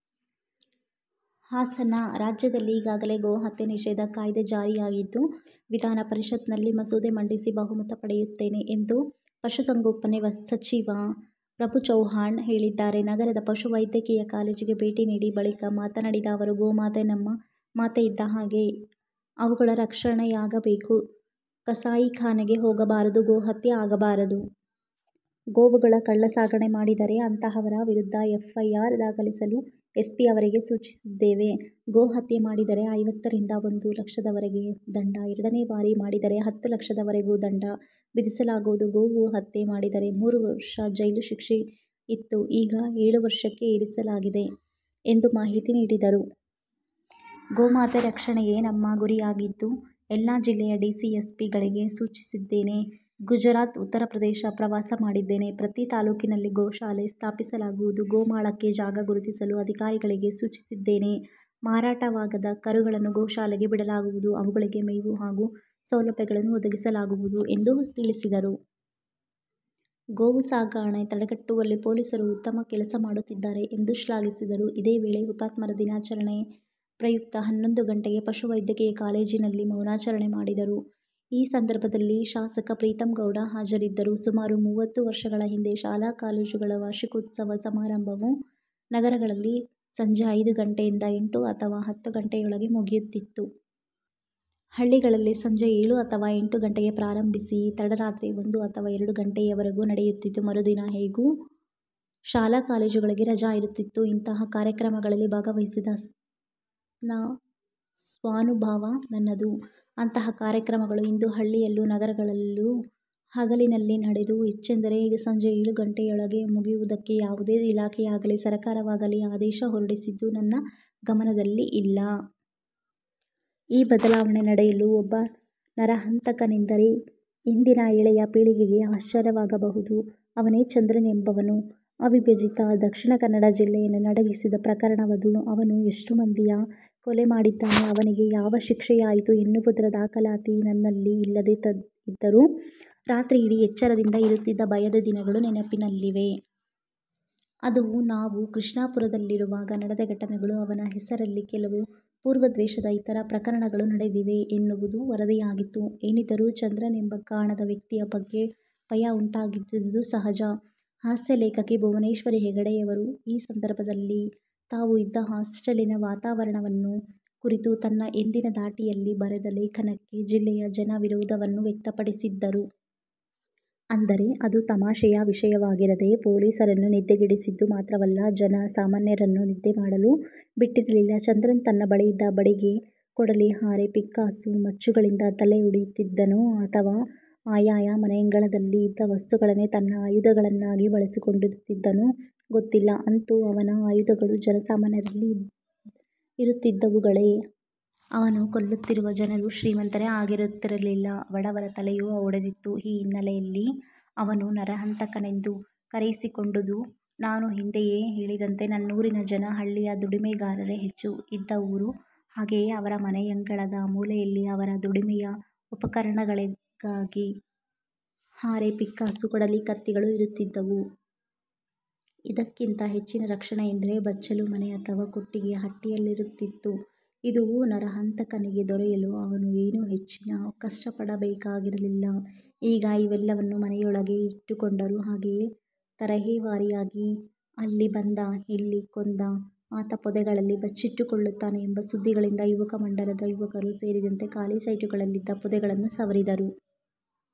ಹಾಸನ: ರಾಜ್ಯದಲ್ಲಿ ಈಗಾಗಲೇ ಗೋಹತ್ಯೆ ನಿಷೇಧ ಕಾಯ್ದೆ ಜಾರಿಯಾಗಿದ್ದು, ವಿಧಾನ ಪರಿಷತ್ ನಲ್ಲಿ ಮಸೂದೆ ಮಂಡಿಸಿ ಬಹುಮತ ಪಡೆಯುತ್ತೇನೆ ಎಂದು ಪಶುಸಂಗೋಪನೆ ಸಚಿವ ಫ್ರಭುಚೌವ್ಹಾಣ್ ಹೇಳಿದ್ದಾರೆ. ನಗರದ ಪಶುವೈದ್ಯಕೀಯ ಕಾಲೇಜಿಗೆ ಭೇಟಿ ನೀಡಿ ಬಳಿಕ ಮಾತನಾಡಿದ ಅವರು, ಗೋಮಾತೆ ನಮ್ಮ ಮಾತೆ ಇದ್ದಹಾಗೆ ಅವುಗಳ ರಕ್ಷಣೆಯಾಗಬೇಕು, ಕಸಾಯಿಖಾನೆಗೆ ಹೋಗಬಾರದು, ಗೋಹತ್ಯೆ ಆಗಬಾರದು. ಗೋವುಗಳ ಕಳ್ಳ ಸಾಗಣೆ ಮಾಡಿದರೆ ಅಂತಹವರ ವಿರುದ್ಧ ಎಫ್ಐಆರ್ ದಾಖಲಿಸಲು ಎಸ್ಪಿ ಅವರಿಗೆ ಸೂಚಿಸಿದ್ದೇನೆ. ಗೋಹತ್ಯೆ ಮಾಡಿದರೆ ಐವತ್ತರಿಂದ ಒಂದು ಲಕ್ಷದವರೆಗೆ ದಂಡ, ಎರಡನೇ ಬಾರಿ ಮಾಡಿದರೆ ಹತ್ತು ಲಕ್ಷದವರೆಗೂ ದಂಡ ವಿಧಿಸಲಾಗುವುದು. ಗೋವು ಹತ್ಯೆ ಮಾಡಿದರೆ ಮೂರು ವರ್ಷ ಜೈಲು ಶಿಕ್ಷೆ ಇತ್ತು ಈಗ ಏಳು ವರ್ಷಕ್ಕೆ ಏರಿಸಲಾಗಿದೆ ಎಂದು ಮಾಹಿತಿ ನೀಡಿದರು. ಗೋಮಾತೆ ರಕ್ಷಣೆಯೇ ನಮ್ಮ ಗುರಿಯಾಗಿದ್ದು, ಎಲ್ಲ ಜಿಲ್ಲೆಯ ಡಿಸಿ, ಎಸ್ಪಿ ಗಳಿಗೆ ಸೂಚಿಸಿದ್ದೇನೆ. ಗುಜರಾತ್, ಉತ್ತರಪ್ರದೇಶ ಪ್ರವಾಸ ಮಾಡಿದ್ದೇನೆ. ಪ್ರತಿ ತಾಲೂಕಿನಲ್ಲೂ ಗೋಶಾಲೆ ಸ್ಥಾಪಿಸಲಾಗುವುದು, ಗೋಮಾಳಕ್ಕೆ ಜಾಗ ಗುರುತಿಸಲು ಅಧಿಕಾರಿಗಳಿಗೆ ಸೂಚಿಸಿದ್ದೇನೆ, ಮಾರಾಟವಾಗದ ಕರುಗಳನ್ನು ಗೋಶಾಲೆಗೆ ಬಿಡಲಾಗುವುದು, ಅವುಗಳಿಗೆ ಮೇವು ಹಾಗೂ ಸೌಲಭ್ಯಗಳನ್ನು ಒದಗಿಸಲಾಗುವುದು ಎಂದು ತಿಳಿಸಿದರು. ಗೋವು ಸಾಗಾಣೆ ತಡೆಗಟ್ಟುವಲ್ಲಿ ಪೊಲೀಸರು ಉತ್ತಮ ಕೆಲಸ ಮಾಡುತ್ತಿದ್ದಾರೆ ಎಂದು ಶ್ಲಾಘಿಸಿದರು. ಇದೇ ವೇಳೆ ಹುತಾತ್ಮರ ದಿನಾಚರಣೆ ಪ್ರಯುಕ್ತ ಹನ್ನೊಂದು ಗಂಟೆಗೆ ಪಶುವೈದ್ಯಕೀಯ ಕಾಲೇಜಿನಲ್ಲೇ ಮೌನಾಚರಣೆ ಮಾಡಿದರು. ಈ ಸಂದರ್ಭದಲ್ಲಿ ಶಾಸಕ ಪ್ರೀತಂಗೌಡ ಹಾಜರಿದ್ದರು. ಸುಮಾರು ಮೂವತ್ತು ವರ್ಷಗಳ ಹಿಂದೆ ಶಾಲಾ ಕಾಲೇಜುಗಳ ವಾರ್ಷಿಕೋತ್ಸವ ಸಮಾರಂಭವು ನಗರಗಳಲ್ಲಿ ಸಂಜೆ ಐದು ಗಂಟೆಯಿಂದ ಎಂಟು ಅಥವಾ ಹತ್ತು ಗಂಟೆಯೊಳಗೆ ಮುಗಿಯುತ್ತಿತ್ತು. ಹಳ್ಳಿಗಳಲ್ಲಿ ಸಂಜೆ ಏಳು ಅಥವಾ ಎಂಟು ಗಂಟೆಗೆ ಪ್ರಾರಂಭಿಸಿ ತಡರಾತ್ರಿ ಒಂದು ಅಥವಾ ಎರಡು ಗಂಟೆಯವರೆಗೂ ನಡೆಯುತ್ತಿತ್ತು. ಮರುದಿನ ಹೇಗೂ ಶಾಲಾ ಕಾಲೇಜುಗಳಿಗೆ ರಜಾ ಇರುತ್ತಿತ್ತು. ಇಂತಹ ಕಾರ್ಯಕ್ರಮಗಳಲ್ಲಿ ಭಾಗವಹಿಸಿದ ಸ್ವಾನುಭವ ನನ್ನದು. ಅಂತಹ ಕಾರ್ಯಕ್ರಮಗಳು ಇಂದು ಹಳ್ಳಿಯಲ್ಲೂ ನಗರಗಳಲ್ಲೂ ಹಗಲಿನಲ್ಲಿ ನಡೆದು ಹೆಚ್ಚೆಂದರೆ ಸಂಜೆ ಏಳು ಗಂಟೆಯೊಳಗೆ ಮುಗಿಯುವುದಕ್ಕೆ ಯಾವುದೇ ಇಲಾಖೆಯಾಗಲಿ, ಸರಕಾರವಾಗಲಿ ಆದೇಶ ಹೊರಡಿಸಿದ್ದು ನನ್ನ ಗಮನದಲ್ಲಿ ಇಲ್ಲ. ಈ ಬದಲಾವಣೆ ನಡೆಯಲು ಒಬ್ಬ ನರಹಂತಕನೆಂದರೆ ಇಂದಿನ ಎಳೆಯ ಪೀಳಿಗೆಗೆ ಆಶ್ಚರ್ಯವಾಗಬಹುದು. ಅವನೇ ಚಂದ್ರನ್ ಎಂಬವನು. ಅವಿಭಜಿತ ದಕ್ಷಿಣ ಕನ್ನಡ ಜಿಲ್ಲೆಯನ್ನು ನಡುಗಿಸಿದ ಪ್ರಕರಣವದು. ಅವನು ಎಷ್ಟು ಮಂದಿಯ ಕೊಲೆ ಮಾಡಿದ್ದಾನೆ, ಅವನಿಗೆ ಯಾವ ಶಿಕ್ಷೆಯಾಯಿತು ಎನ್ನುವುದರ ದಾಖಲಾತಿ ನನ್ನಲ್ಲಿ ಇಲ್ಲದೆ ಇದ್ದರೂ ರಾತ್ರಿಯಿಡೀ ಎಚ್ಚರದಿಂದ ಇರುತ್ತಿದ್ದ ಭಯದ ದಿನಗಳು ನೆನಪಿನಲ್ಲಿವೆ. ಅದು ನಾವು ಕೃಷ್ಣಾಪುರದಲ್ಲಿರುವಾಗ ನಡೆದ ಘಟನೆಗಳು. ಅವನ ಹೆಸರಲ್ಲಿ ಕೆಲವು ಪೂರ್ವದ್ವೇಷದ ಇತರ ಪ್ರಕರಣಗಳೂ ನಡೆದಿವೆ ಎನ್ನುವುದೂ ವರದಿಯಾಗಿತ್ತು. ಏನಿದ್ದರೂ ಚಂದ್ರನ್ ಎಂಬ ಕಾಣದ ವ್ಯಕ್ತಿಯ ಬಗ್ಗೆ ಭಯ ಉಂಟಾಗಿದ್ದುದು ಸಹಜ. ಹಾಸ್ಯ ಲೇಖಕಿ ಭುವನೇಶ್ವರಿ ಹೆಗಡೆಯವರು ಈ ಸಂದರ್ಭದಲ್ಲಿ ತಾವು ಇದ್ದ ಹಾಸ್ಟೆಲಿನ ವಾತಾವರಣವನ್ನು ಕುರಿತು ತನ್ನ ಎಂದಿನ ಧಾಟಿಯಲ್ಲಿ ಬರೆದ ಲೇಖನಕ್ಕೆ ಜಿಲ್ಲೆಯ ಜನ ವಿರೋಧವನ್ನೂ ವ್ಯಕ್ತಪಡಿಸಿದ್ದರು. ಅಂದರೆ ಅದು ತಮಾಷೆಯ ವಿಷಯವಾಗಿರದೆ ಪೊಲೀಸರನ್ನು ನಿದ್ದೆಗೆಡಿಸಿದ್ದು ಮಾತ್ರವಲ್ಲ, ಜನ ಸಾಮಾನ್ಯರನ್ನೂ ನಿದ್ದೆ ಮಾಡಲು ಬಿಟ್ಟಿರಲಿಲ್ಲ. ಚಂದ್ರನ್ ತನ್ನ ಬಳಿಯಿದ್ದ ಬಡಿಗೆ, ಕೊಡಲಿ, ಹಾರೆ, ಪಿಕ್ಕಾಸು, ಮಚ್ಚುಗಳಿಂದ ತಲೆ ಒಡೆಯುತ್ತಿದ್ದನೋ ಅಥವಾ ಆಯಾಯ ಮನೆಯಂಗಳದಲ್ಲಿ ಇದ್ದ ವಸ್ತುಗಳನ್ನೇ ತನ್ನ ಆಯುಧಗಳನ್ನಾಗಿ ಬಳಸಿಕೊಳ್ಳುತ್ತಿದ್ದನೋ ಗೊತ್ತಿಲ್ಲ. ಅಂತೂ ಅವನ ಆಯುಧಗಳು ಜನ ಸಾಮಾನ್ಯರಲ್ಲಿ ಇರುತ್ತಿದ್ದವುಗಳೇ. ಅವನು ಕೊಲ್ಲುತ್ತಿರುವ ಜನರು ಶ್ರೀಮಂತರೇ ಆಗಿರುತ್ತಿರಲಿಲ್ಲ, ಬಡವರ ತಲೆಯೂ ಒಡೆದಿತ್ತು. ಈ ಹಿನ್ನೆಲೆಯಲ್ಲಿ ಅವನು ನರಹಂತಕನೆಂದು ಕರೆಯಿಸಿಕೊಂಡುದು. ನಾನು ಹಿಂದೆಯೇ ಹೇಳಿದಂತೆ ನನ್ನೂರಿನ ಜನ ಹಳ್ಳಿಯ ದುಡಿಮೆಗಾರರೇ ಹೆಚ್ಚು ಇದ್ದ ಊರು. ಹಾಗೆಯೇ ಅವರ ಮನೆಯಂಗಳದ ಮೂಲೆಯಲ್ಲಿ ಅವರ ದುಡಿಮೆಯ ಉಪಕರಣಗಳಾಗಿ ಹಾರೆ, ಪಿಕ್ಕಾಸು, ಕೊಡಲಿ, ಕತ್ತಿಗಳು ಇರುತ್ತಿದ್ದುವು. ಇದಕ್ಕಿಂತ ಹೆಚ್ಚಿನ ರಕ್ಷಣೆ ಎಂದರೆ ಬಚ್ಚಲು ಮನೆ ಅಥವಾ ಕೊಟ್ಟಿಗೆ, ಹಟ್ಟಿಯಲ್ಲಿರುತ್ತಿತ್ತು. ಇದು ನರಹಂತಕನಿಗೆ ದೊರೆಯಲು ಅವನು ಏನೂ ಹೆಚ್ಚಿನ ಕಷ್ಟಪಡಬೇಕಾಗಿರಲಿಲ್ಲ. ಈಗ ಇವೆಲ್ಲವನ್ನೂ ಮನೆಯೊಳಗೆ ಇಟ್ಟುಕೊಂಡರು. ಹಾಗೆಯೇ ತರಹೇವಾರಿಯಾಗಿ ಅಲ್ಲಿ ಬಂದ, ಇಲ್ಲಿ ಕೊಂದ, ಆತ ಪೊದೆಗಳಲ್ಲಿ ಬಚ್ಚಿಟ್ಟುಕೊಳ್ಳುತ್ತಾನೆ ಎಂಬ ಸುದ್ದಿಗಳಿಂದ ಯುವಕ ಮಂಡಲದ ಯುವಕರೂ ಸೇರಿದಂತೆ ಖಾಲಿ ಸೈಟುಗಳಲ್ಲಿದ್ದ ಪೊದೆಗಳನ್ನು ಸವರಿದರು.